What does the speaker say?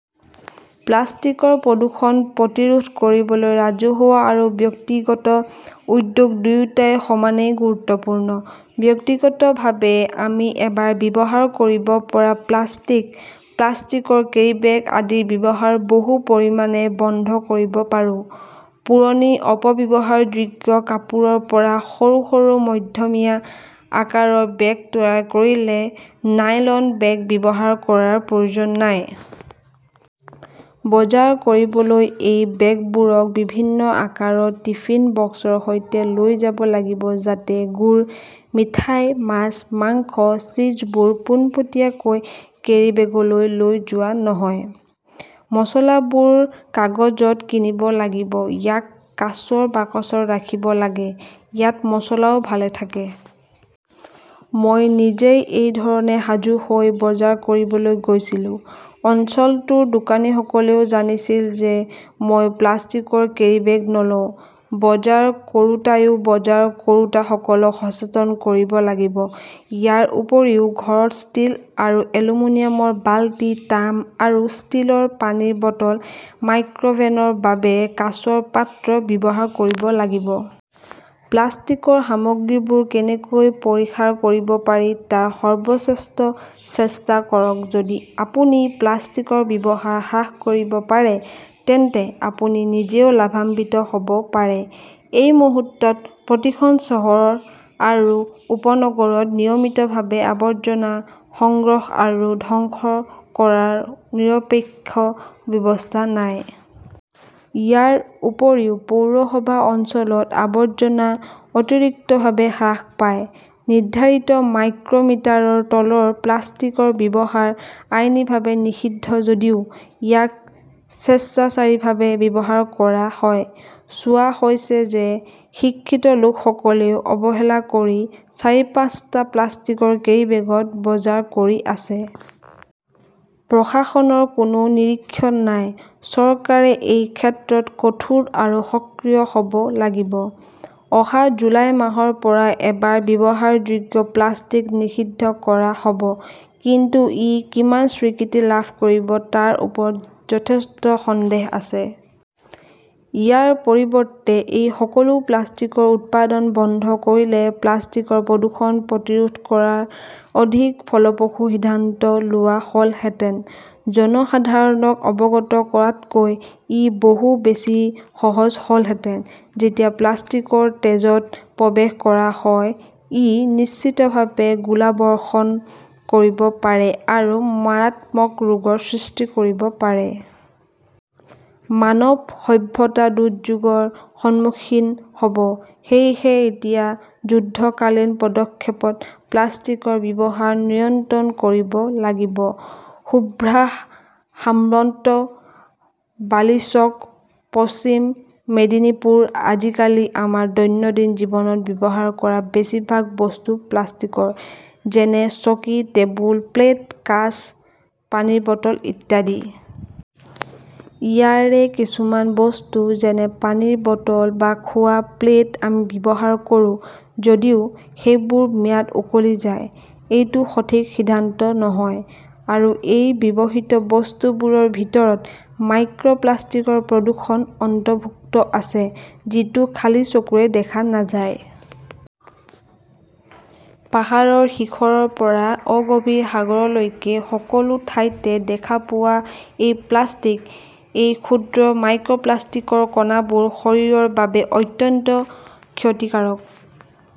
প্লাষ্টিকৰ প্ৰদূষণ প্ৰতিৰোধ কৰিবলৈ ৰাজহুৱা আৰু ব্যক্তিগত উদ্যোগ দুয়োটাই সমানেই গুৰুত্বপূৰ্ণ। ব্যক্তিগতভাৱে আমি এবাৰ ব্যৱহাৰ কৰিব পৰা প্লাষ্টিক, প্লাষ্টিকৰ কেৰিবেগ আদিৰ ব্যৱহাৰ বহু পৰিমাণে বন্ধ কৰিব পাৰোঁ। পুৰণি অপব্যৱহাৰযোগ্য কাপোৰৰ পৰা সৰু সৰু মধ্যমীয়া আকাৰৰ বেগ তৈয়াৰ কৰিলে নাইলন বেগ ব্যৱহাৰ কৰাৰ প্ৰয়োজন নাই। বজাৰ কৰিবলৈ, এই বেগবোৰক বিভিন্ন আকাৰৰ টিফিন বক্সৰ সৈতে লৈ যাব লাগিব যাতে গুড়, মিঠাই, মাছ, মাংস, চীজবোৰ পোনপটীয়াকৈ কেৰিব্যাগলৈ লৈ যোৱা নহয়। মচলাবোৰ কাগজত কিনিব লাগিব। ইয়াক কাঁচৰ বাকচত ৰাখিব লাগে, ইয়াত মছলাও ভাল থাকে। মই নিজেই এই ধৰণে সাজু হৈ বজাৰ কৰিবলৈ গৈছিলো। অঞ্চলটোৰ দোকানীসকলেও জানিছিল যে মই প্লাষ্টিকৰ কেৰীবেগ নলওঁ। বজাৰ কৰোঁতাইও বজাৰ কৰোঁতাসকলক সচেতন কৰিব লাগিব। ইয়াৰ উপৰিও ঘৰত ষ্টীল আৰু এলুমিনিয়ামৰ বালতি, তাম আৰু ষ্টীলৰ পানীৰ বটল, মাইক্ৰঅভেনৰ বাবে কাঁচৰ পাত্ৰ ব্যৱহাৰ কৰিব পাৰি। প্লাষ্টিকৰ সামগ্ৰীবোৰ কেনেকৈ পৰিহাৰ কৰিব পাৰি তাৰ সৰ্বশ্ৰেষ্ঠ চেষ্টা কৰক। যদি আপুনি প্লাষ্টিকৰ ব্যৱহাৰ হ্ৰাস কৰিব পাৰে তেন্তে আপুনি নিজেই লাভান্বিত হ'ব পাৰে। এই মুহূৰ্তত প্ৰতিখন চহৰ আৰু উপনগৰত নিয়মিতভাৱে আৱৰ্জনা সংগ্ৰহ আৰু ধ্বংস কৰাৰ নিৰপেক্ষ ব্যৱস্থা নাই। ইয়াৰ উপৰিও পৌৰসভা অঞ্চলত আৱৰ্জনা অতিৰিক্তভাৱে হ্ৰাস পায়। নিৰ্ধাৰিত মাইক্ৰমিটাৰৰ তলৰ প্লাষ্টিকৰ ব্যৱহাৰ আইনীভাৱে নিষিদ্ধ যদিও ইয়াক স্বেচ্ছাচাৰীভাৱে ব্যৱহাৰ কৰা হয়। চোৱা হৈছে যে শিক্ষিত লোকসকলেও অৱহেলা কৰি চাৰি-পাঁচটা প্লাষ্টিকৰ কেৰীবেগত বজাৰ কৰি আছে। প্ৰশাসনৰ কোনো নিৰীক্ষণ নাই। চৰকাৰে এই ক্ষেত্ৰত কঠোৰ আৰু সক্ৰিয় হ'ব লাগিব। অহা জুলাই মাহৰ পৰা এবাৰ ব্যৱহাৰযোগ্য প্লাষ্টিক নিষিদ্ধ কৰা হ'ব। কিন্তু ই কিমান স্বীকৃতি লাভ কৰিব তাৰ ওপৰত যথেষ্ট সন্দেহ আছে। ইয়াৰ পৰিৱৰ্তে, এই সকলো প্লাষ্টিকৰ উৎপাদন বন্ধ কৰিলে প্লাষ্টিকৰ প্ৰদূষণ প্ৰতিৰোধ কৰাৰ অধিক ফলপ্ৰসূ সিদ্ধান্ত লোৱা হ'লহেঁতেন। জনসাধাৰণক অৱগত কৰাতকৈ ই বহু বেছি সহজ হ'লহেঁতেন। যেতিয়া প্লাষ্টিকৰ তেজত প্ৰৱেশ কৰা হয়, ই নিশ্চিতভাৱে গোলাবৰ্ষণ কৰিব পাৰে আৰু মাৰাত্মক ৰোগৰ সৃষ্টি কৰিব পাৰে। মানৱ সভ্যতা দুৰ্যোগৰ সন্মুখীন হ'ব। সেয়েহে এতিয়া যুদ্ধকালীন পদক্ষেপত প্লাষ্টিকৰ ব্যৱহাৰ নিয়ন্ত্ৰণ কৰিব লাগিব। শুভ্ৰা সামন্ত বালিচক, পশ্চিম মেদিনীপুৰ আজিকালি আমাৰ দৈনন্দিন জীৱনত ব্যৱহাৰ কৰা বেছিভাগ বস্তু প্লাষ্টিকৰ। যেনে চকী, টেবুল, প্লেট, কাঁচ, পানীৰ বটল ইত্যাদি। ইয়াৰে কিছুমান বস্তু, যেনে পানীৰ বটল বা খোৱা প্লেট, আমি ব্যৱহাৰ কৰোঁ যদিও সেইবোৰ ম্যাদ উকলি যায়। এইটো সঠিক সিদ্ধান্ত নহয়। আৰু এই ব্যৱহৃত বস্তুবোৰৰ ভিতৰত মাইক্ৰপ্লাষ্টিকৰ প্ৰদূষণ অন্তৰ্ভুক্ত আছে, যিটো খালী চকুৰে দেখা নাযায়। পাহাৰৰ শিখৰৰ পৰা অগভীৰ সাগৰলৈকে সকলো ঠাইতে দেখা পোৱা এই প্লাষ্টিক। এই ক্ষুদ্ৰ মাইক্ৰপ্লাষ্টিকৰ কণাবোৰ শৰীৰৰ বাবে অত্যন্ত ক্ষতিকাৰক।